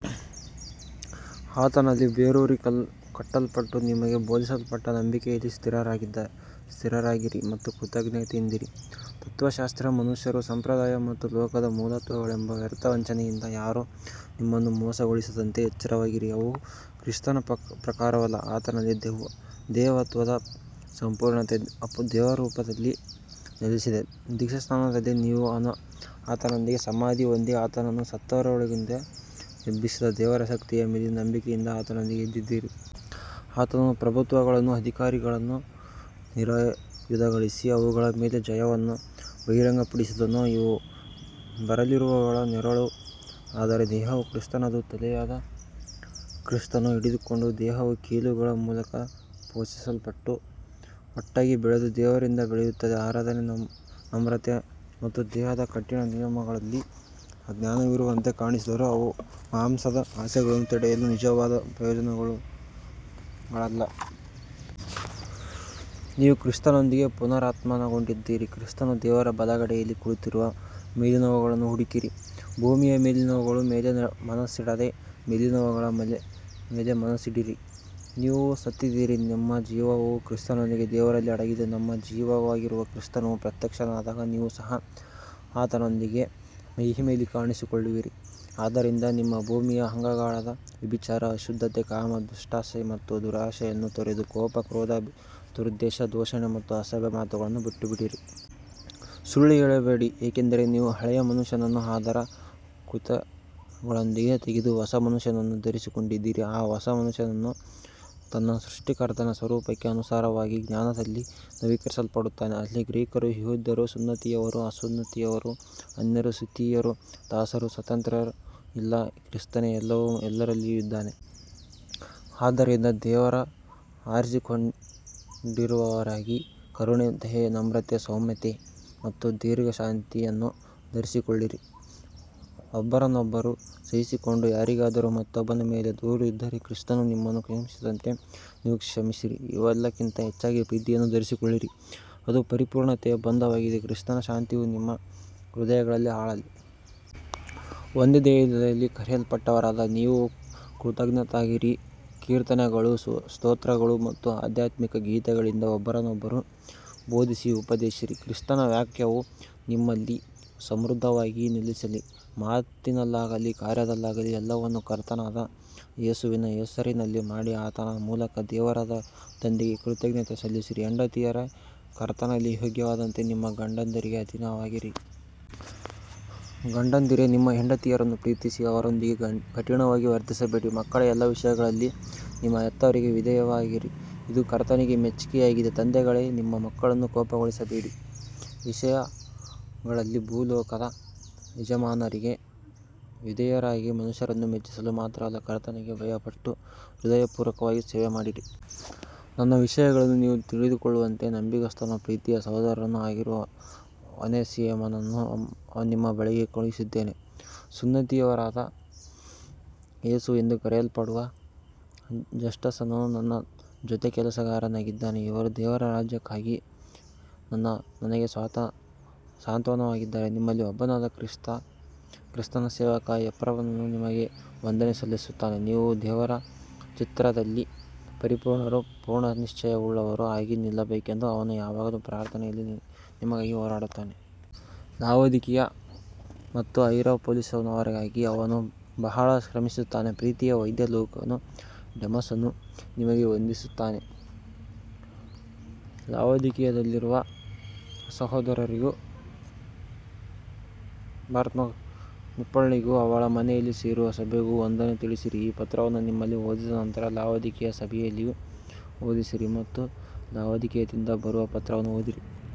ಆತನಲ್ಲಿ ಬೇರೂರಿ ಕಟ್ಟಲ್ಪಟ್ಟು, ನಿಮಗೆ ಬೋಧಿಸಲ್ಪಟ್ಟ ನಂಬಿಕೆಯಲ್ಲಿ ಸ್ಥಿರರಾಗಿರಿ ಮತ್ತು ಕೃತಜ್ಞತೆಯಿಂದಿರಿ. ತತ್ತ್ವಶಾಸ್ತ್ರ, ಮನುಷ್ಯರ ಸಂಪ್ರದಾಯ ಮತ್ತು ಲೋಕದ ಮೂಲತತ್ತ್ವಗಳೆಂಬ ವ್ಯರ್ಥ ವಂಚನೆಯಿಂದ ಯಾರೂ ನಿಮ್ಮನ್ನು ಮೋಸಗೊಳಿಸದಂತೆ ಎಚ್ಚರವಾಗಿರಿ. ಅವು ಕ್ರಿಸ್ತನ ಪ್ರಕಾರವಲ್ಲ. ಆತನಲ್ಲಿ ದೇವತ್ವದ ಸಂಪೂರ್ಣತೆ ದೇಹರೂಪದಲ್ಲಿ ನೆಲೆಸಿದೆ. ದೀಕ್ಷಾಸ್ನಾನದಲ್ಲಿ ನೀವು ಆತನೊಂದಿಗೆ ಸಮಾಧಿ ಹೊಂದಿ, ಆತನನ್ನು ಸತ್ತವರೊಳಗಿಂದ ಎಬ್ಬಿಸಿದ ದೇವರ ಶಕ್ತಿಯ ಮೇಲಿನ ನಂಬಿಕೆಯಿಂದ ಆತನೊಂದಿಗೆ ಎದ್ದಿದ್ದೀರಿ. ಆತನು ಪ್ರಭುತ್ವಗಳನ್ನೂ ಅಧಿಕಾರಗಳನ್ನೂ ನಿರಾಯುಧಗೊಳಿಸಿ, ಅವುಗಳ ಮೇಲೆ ಜಯವನ್ನು ಬಹಿರಂಗಪಡಿಸಿದನು. ಇವು ಬರಲಿರುವವುಗಳ ನೆರಳು, ಆದರೆ ದೇಹವು ಕ್ರಿಸ್ತನದು. ತಲೆಯಾದ ಕ್ರಿಸ್ತನನ್ನು ಹಿಡಿದುಕೊಂಡು ದೇಹವು ಕೀಲುಗಳ ಮೂಲಕ ಪೋಷಿಸಲ್ಪಟ್ಟು ಒಟ್ಟಾಗಿ ಬೆಳೆದು ದೇವರಿಂದ ಬೆಳೆಯುತ್ತದೆ. ಆರಾಧನೆ, ನಮ್ರತೆ ಮತ್ತು ದೇಹದ ಕಠಿಣ ನಿಯಮಗಳಲ್ಲಿ ಜ್ಞಾನವಿರುವಂತೆ ಕಾಣಿಸಿದರೂ ಅವು ಮಾಂಸದ ಆಸೆಗಳನ್ನು ತಡೆಯಲು ನಿಜವಾದ ಪ್ರಯೋಜನವುಳ್ಳವುಗಳಲ್ಲ. ನೀವು ಕ್ರಿಸ್ತನೊಂದಿಗೆ ಪುನರುತ್ಥಾನಗೊಂಡಿದ್ದರೆ, ಕ್ರಿಸ್ತನು ದೇವರ ಬಲಗಡೆಯಲ್ಲಿ ಕುಳಿತಿರುವ ಮೇಲಿನವುಗಳನ್ನು ಹುಡುಕಿರಿ. ಭೂಮಿಯ ಮೇಲಿನವುಗಳ ಮೇಲೆ ಮನಸ್ಸಿಡದೆ ಮೇಲಿನವುಗಳ ಮೇಲೆ ಮನಸ್ಸಿಡಿರಿ. ನೀವು ಸತ್ತಿದ್ದೀರಿ, ನಿಮ್ಮ ಜೀವವು ಕ್ರಿಸ್ತನೊಂದಿಗೆ ದೇವರಲ್ಲಿ ಅಡಗಿದೆ. ನಮ್ಮ ಜೀವವಾಗಿರುವ ಕ್ರಿಸ್ತನು ಪ್ರತ್ಯಕ್ಷನಾದಾಗ ನೀವು ಸಹ ಆತನೊಂದಿಗೆ ಮಹಿಮೆಯಲ್ಲಿ ಕಾಣಿಸಿಕೊಳ್ಳುವಿರಿ. ಆದ್ದರಿಂದ ನಿಮ್ಮ ಭೂಮಿಯ ಅಂಗಗಳಾದ ವ್ಯಭಿಚಾರ, ಅಶುದ್ಧತೆ, ಕಾಮ, ದುಷ್ಟಾಸೆ ಮತ್ತು ದುರಾಶೆಯನ್ನು ತೊರೆದು, ಕೋಪ, ಕ್ರೋಧ, ದುರುದ್ದೇಶ, ದೂಷಣೆ ಮತ್ತು ಅಸಭ್ಯ ಮಾತುಗಳನ್ನು ಬಿಟ್ಟುಬಿಡಿರಿ. ಸುಳ್ಳು ಹೇಳಬೇಡಿ, ಏಕೆಂದರೆ ನೀವು ಹಳೆಯ ಮನುಷ್ಯನನ್ನು ಅದರ ಕೃತ್ಯಗಳೊಂದಿಗೆ ತೆಗೆದು ಹೊಸ ಮನುಷ್ಯನನ್ನು ಧರಿಸಿಕೊಂಡಿದ್ದೀರಿ. ಆ ಹೊಸ ಮನುಷ್ಯನು ತನ್ನ ಸೃಷ್ಟಿಕರ್ತನ ಸ್ವರೂಪಕ್ಕೆ ಅನುಸಾರವಾಗಿ ಜ್ಞಾನದಲ್ಲಿ ನವೀಕರಿಸಲ್ಪಡುತ್ತಾನೆ. ಅಲ್ಲಿ ಗ್ರೀಕರೂ ಯಹೂದ್ಯರೂ, ಸುನ್ನತಿಯವರೂ ಅಸುನ್ನತಿಯವರೂ, ಅನ್ಯರೂ ಸಿಥಿಯರೂ, ದಾಸರೂ ಸ್ವತಂತ್ರರೂ ಇಲ್ಲ, ಕ್ರಿಸ್ತನೇ ಎಲ್ಲವೂ ಮತ್ತು ಎಲ್ಲರಲ್ಲಿಯೂ ಇದ್ದಾನೆ. ಆದ್ದರಿಂದ ದೇವರ ಆರಿಸಿಕೊಂಡವರಾಗಿ ಕರುಣೆ, ದಯೆ, ನಮ್ರತೆ, ಸೌಮ್ಯತೆ ಮತ್ತು ದೀರ್ಘಶಾಂತಿಯನ್ನು ಧರಿಸಿಕೊಳ್ಳಿರಿ. ಒಬ್ಬರನ್ನೊಬ್ಬರು ಸಹಿಸಿಕೊಂಡು, ಯಾರಿಗಾದರೂ ಮತ್ತೊಬ್ಬನ ಮೇಲೆ ದೂರು ಇದ್ದರೆ ಕ್ರಿಸ್ತನು ನಿಮ್ಮನ್ನು ಕ್ಷಮಿಸಿದಂತೆ ನೀವೂ ಕ್ಷಮಿಸಿರಿ. ಇವೆಲ್ಲಕ್ಕಿಂತ ಹೆಚ್ಚಾಗಿ ಪ್ರೀತಿಯನ್ನು ಧರಿಸಿಕೊಳ್ಳಿರಿ, ಅದು ಪರಿಪೂರ್ಣತೆಯ ಬಂಧವಾಗಿದೆ. ಕ್ರಿಸ್ತನ ಶಾಂತಿಯು ನಿಮ್ಮ ಹೃದಯಗಳಲ್ಲಿ ಆಳಲಿ. ಒಂದೇ ದೇಹದಲ್ಲಿ ಕರೆಯಲ್ಪಟ್ಟವರಾದ ನೀವು ಕೃತಜ್ಞರಾಗಿರಿ. ಕೀರ್ತನೆಗಳು, ಸ್ತೋತ್ರಗಳು ಮತ್ತು ಆಧ್ಯಾತ್ಮಿಕ ಗೀತೆಗಳಿಂದ ಒಬ್ಬರನ್ನೊಬ್ಬರು ಬೋಧಿಸಿ, ಉಪದೇಶಿಸಿರಿ. ಕ್ರಿಸ್ತನ ವಾಕ್ಯವು ನಿಮ್ಮಲ್ಲಿ ಸಮೃದ್ಧವಾಗಿ ನೆಲೆಸಲಿ. ಮಾತಿನಲ್ಲಾಗಲಿ ಕಾರ್ಯದಲ್ಲಾಗಲಿ ಎಲ್ಲವನ್ನೂ ಕರ್ತನಾದ ಯೇಸುವಿನ ಹೆಸರಿನಲ್ಲಿ ಮಾಡಿ, ಆತನ ಮೂಲಕ ದೇವರಾದ ತಂದೆಗೆ ಕೃತಜ್ಞತೆ ಸಲ್ಲಿಸಿರಿ. ಹೆಂಡತಿಯರೇ, ಕರ್ತನಲ್ಲಿ ಯೋಗ್ಯವಾದಂತೆ ನಿಮ್ಮ ಗಂಡಂದಿರಿಗೆ ಅಧೀನರಾಗಿರಿ. ಗಂಡಂದಿರೇ, ನಿಮ್ಮ ಹೆಂಡತಿಯರನ್ನು ಪ್ರೀತಿಸಿ, ಅವರೊಂದಿಗೆ ಕಠಿಣವಾಗಿ ವರ್ತಿಸಬೇಡಿ. ಮಕ್ಕಳೇ, ಎಲ್ಲ ವಿಷಯಗಳಲ್ಲಿ ನಿಮ್ಮ ಹೆತ್ತವರಿಗೆ ವಿಧೇಯರಾಗಿರಿ, ಇದು ಕರ್ತನಿಗೆ ಮೆಚ್ಚಿಕೆಯಾಗಿದೆ. ತಂದೆಗಳೇ, ನಿಮ್ಮ ಮಕ್ಕಳನ್ನು ಕೋಪಗೊಳಿಸಬೇಡಿ, ಅವರು ನಿರುತ್ಸಾಹಗೊಳ್ಳದಿರಲಿ. ದಾಸರೇ, ಎಲ್ಲ ವಿಷಯಗಳಲ್ಲಿ ಭೂಲೋಕದ ಯಜಮಾನರಿಗೆ ವಿಧೇಯರಾಗಿರಿ, ಮನುಷ್ಯರನ್ನು ಮೆಚ್ಚಿಸಲು ಮಾತ್ರವಲ್ಲ, ಕರ್ತನಿಗೆ ಭಯಪಟ್ಟು ಹೃದಯಪೂರ್ವಕವಾಗಿ ಸೇವೆಮಾಡಿರಿ. ನನ್ನ ವಿಷಯಗಳನ್ನು ನೀವು ತಿಳಿದುಕೊಳ್ಳುವಂತೆ ನಂಬಿಗಸ್ತನೂ ಪ್ರೀತಿಯ ಸಹೋದರನೂ ಆಗಿರುವ ಒನೇಸಿಮನನ್ನು ನಿಮ್ಮ ಬಳಿಗೆ ಕಳುಹಿಸಿದ್ದೇನೆ. ಸುನ್ನತಿಯವರಾದ ಯೇಸು ಎಂದು ಕರೆಯಲ್ಪಡುವ ಜಸ್ಟಸನೂ ನನ್ನ ಜೊತೆಕೆಲಸಗಾರನಾಗಿದ್ದಾನೆ. ಇವರು ದೇವರ ರಾಜ್ಯಕ್ಕಾಗಿ ನನಗೆ ಸಾಂತ್ವನವಾಗಿದ್ದಾರೆ. ನಿಮ್ಮಲ್ಲಿ ಒಬ್ಬನಾದ ಕ್ರಿಸ್ತನ ಸೇವಕ ಎಪಫ್ರನು ನಿಮಗೆ ವಂದನೆ ಸಲ್ಲಿಸುತ್ತಾನೆ. ನೀವು ದೇವರ ಚಿತ್ತದಲ್ಲಿ ಪರಿಪೂರ್ಣರೂ ಪೂರ್ಣನಿಶ್ಚಯವುಳ್ಳವರೂ ಆಗಿ ನಿಲ್ಲಬೇಕೆಂದು ಅವನು ಯಾವಾಗಲೂ ಪ್ರಾರ್ಥನೆಯಲ್ಲಿ ನಿಮಗಾಗಿ ಹೋರಾಡುತ್ತಾನೆ. ಲಾವೊದಿಕೀಯ ಮತ್ತು ಹೈರಾಪೊಲಿಸಿನವರಿಗಾಗಿ ಅವನು ಬಹಳ ಶ್ರಮಿಸುತ್ತಾನೆ. ಪ್ರೀತಿಯ ವೈದ್ಯ ಲೂಕನೂ ಡೆಮಾಸನೂ ನಿಮಗೆ ವಂದಿಸುತ್ತಾರೆ. ಲಾವೊದಿಕೀಯದಲ್ಲಿರುವ ಸಹೋದರರಿಗೂ ನಿಂಫಳಿಗೂ ಅವಳ ಮನೆಯಲ್ಲಿ ಸೇರುವ ಸಭೆಗೂ ವಂದನೆ ತಿಳಿಸಿರಿ. ಈ ಪತ್ರವನ್ನು ನಿಮ್ಮಲ್ಲಿ ಓದಿದ ನಂತರ ಲಾವೊದಿಕೀಯ ಸಭೆಯಲ್ಲಿಯೂ ಓದಿಸಿರಿ ಮತ್ತು ಲಾವೊದಿಕೀಯದಿಂದ ಬರುವ ಪತ್ರವನ್ನೂ ಓದಿರಿ.